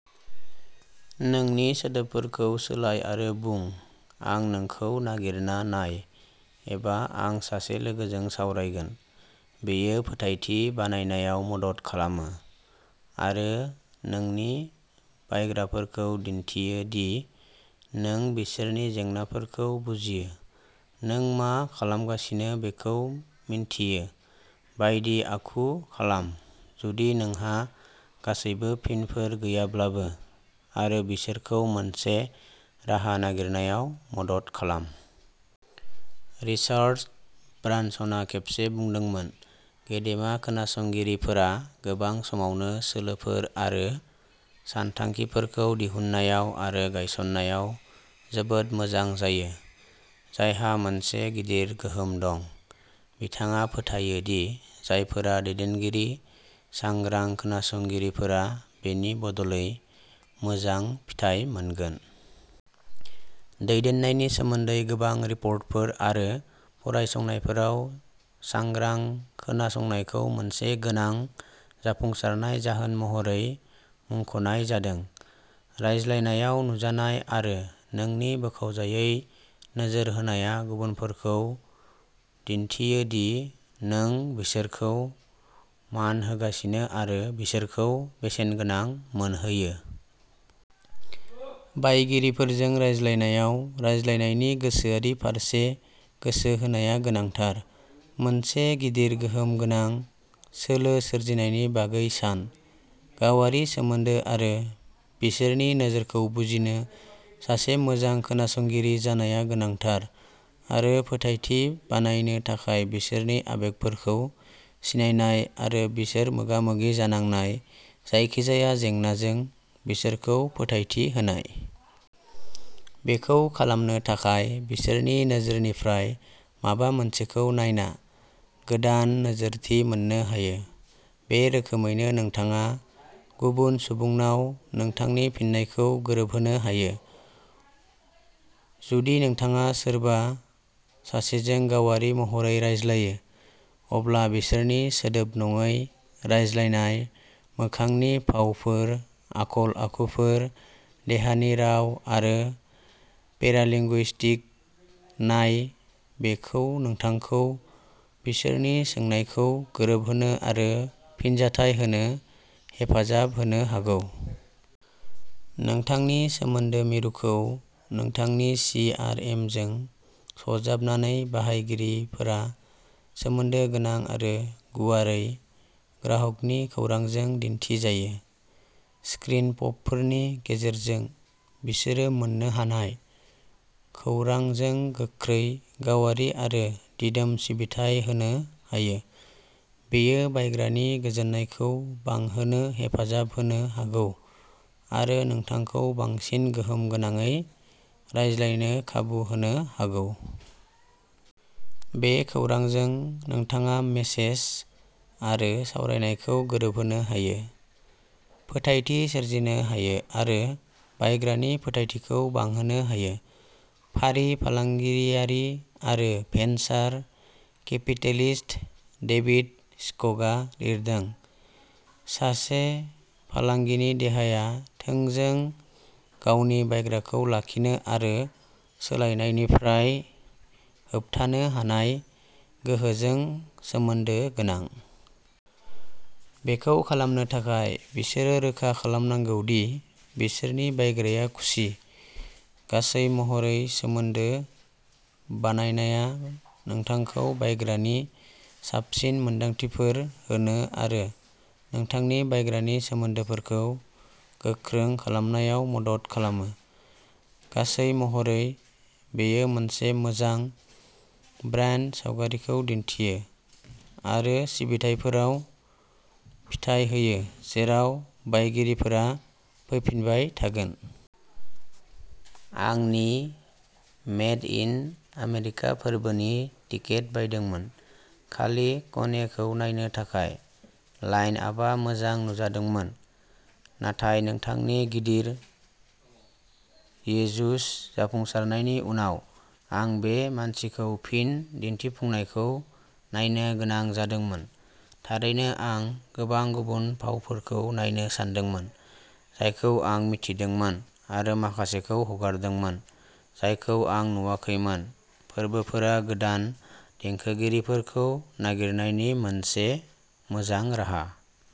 नोंनि सोदोबफोरखौ सोलाय आरो बुं, "आं नोंखौ नागिरना नाय" एबा "आं सासे लोगोजों सावरायगोन।" बेयो फोथायथि बानायनायाव मदद खालामो आरो नोंनि बायग्राफोरखौ दिन्थियो दि नों बिसोरनि जेंनाफोरखौ बुजियो। नों मा खालामगासिनो बेखौ मिन्थियो बायदि आखु खालाम, जुदि नोंहा गासैबो फिनफोर गैयाब्लाबो आरो बिसोरखौ मोनसे राहा नागिरनायाव मदद खालाम। रिचार्ड ब्रानसनआ खेबसे बुंदोंमोन, "गेदेमा खोनासंगिरिफोरा गोबां समावनो सोलोफोर आरो सानथांखिफोरखौ दिहुननायाव आरो गायसननायाव जोबोद मोजां जायो जायहा मोनसे गिदिर गोहोम दं।" बिथाङा फोथायो दि जायफोरा दैदेनगिरि सांग्रां खोनासंगिरिफोरा बेनि बदलै मोजां फिथाय मोनगोन। दैदेननायनि सोमोन्दै गोबां रिपर्टफोर आरो फरायसंनायफोराव, सांग्रां खोनासंनायखौ मोनसे गोनां जाफुंसारनाय जाहोन महरै मुंख'नाय जादों। रायज्लायनायाव नुजानाय आरो नोंनि बोखावजायै नोजोर होनाया गुबुनफोरखौ दिन्थियो दि नों बिसोरखौ मान होगासिनो आरो बिसोरखौ बेसेनगोनां मोनहोयो। बायगिरिफोरजों रायज्लायनायाव, रायज्लायनायनि गोसोआरि फारसे गोसो होनाया गोनांथार। मोनसे गिदिर गोहोम गोनां सोलो सोरजिनायनि बागै सान। गावारि सोमोन्दो आरो बिसोरनि नोजोरखौ बुजिनो। सासे मोजां खोनासंगिरि जानाया गोनांथार आरो फोथायथि बानायनो थाखाय बिसोरनि आबेगफोरखौ सिनायनाय आरो बिसोर मोगा-मोगि जानांनाय जायखिजाया जेंनाजों बिसोरखौ फोथायथि होनाय। बेखौ खालामनो थाखाय, बिसोरनि नोजोरनिफ्राय माबा मोनसेखौ नायना गोदान नोजोरथि मोन्नो हायो। बे रोखोमैनो नोंथाङा गुबुन सुबुंनाव नोंथांनि फिननायखौ गोरोबहोनो हायो। जुदि नोंथाङा सोरबा सासेजों गावारि महरै रायज्लायो, अब्ला बिसोरनि सोदोब नङै रायज्लायनाय मोखांनि भावफोर, आखल-आखुफोर, देहानि राव आरो पेरालिंगुइस्टिक नाय बेयो नोंथांखौ बिसोरनि सोंनायखौ गोरोबहोनो आरो फिनजाथाय होनो हेफाजाब होनो हागौ। नोंथांनि सोमोन्दो मिरुखौ नोंथांनि चि आर एमजों सरजाबनानै, बाहायगिरिफोरा सोमोन्दो गोनां आरो गुवारै ग्राहकनि खौरांजों दिन्थिजायो। स्क्रिन पपफोरनि गेजेरजों बिसोरो मोन्नो हानाय खौरांजों गोख्रै, गावारि आरो दिदोम सिबिथाइ होनो हायो। बेयो बायग्रानि गोजोननायखौ बांहोनो हेफाजाब होनो हागौ आरो नोंथांखौ बांसिन गोहोम गोनांयै रायज्लायनो खाबु होनो हागौ। बे खौरांजों, नोंथाङा मेसेज आरो सावरायनायखौ गोरोबहोनो हायो, फोथायथि सोरजिनो हायो आरो बायग्रानि फोथायथिखौ बांहोनो हायो। फारि फालांगियारि आरो भेन्सार केपिटेलिस्ट, डेभिड स्क'कआ लिरदों, "सास फालांगिनि देहाया थोंजों गावनि बायग्राखौ लाखिनो आरो सोलायनायनिफ्राय होबथानो हानाय गोहोजों सोमोन्दो गोनां। बेखौ खालामनो थाखाय, बिसोरो रोखा खालामनांगौ दि बिसोरनि बायग्राया खुसि।" गासै महरै, सोमोन्दो बानायनाया नोंथांखौ बायग्रानि साबसिन मोनदांथिफोर होनो आरो नोंथांनि बायग्रानि सोमोन्दोफोरखौ गोख्रों खालामनायाव मदद खालामो। गासै महरै, बेयो मोनसे मोजां ब्रान्ड सावगारिखौ दिन्थियो आरो सिबिथाइफोराव फिथाय होयो जेराव बायगिरिफोरा फैफिनबाय थागोन। आं नि मेड इन आमेरिका फोरबोनि टिकेट बायदोंमोन खालि केनयेखौ नायनो थाखाय। लाइन-आपआ मोजां नुजादोंमोन, नाथाय बिथांनि गिदिर यीजुस जाफुंसारनायनि उनाव आं बे मानसिखौ फिन दिन्थिफुंनायखौ नायनो गोनां जादोंमोन। थारैनो आं गोबां गुबुन फावफोरखौ नायनो सानदोंमोन, जायखौ आं मिथिदोंमोन आरो माखासेखौ हगारदोंमोन जायखौ आं नुवाखैमोन। फोरबोफोरा गोदान देंखोगिरिफोरखौ नागिरनायनि मोनसे मोजां राहा।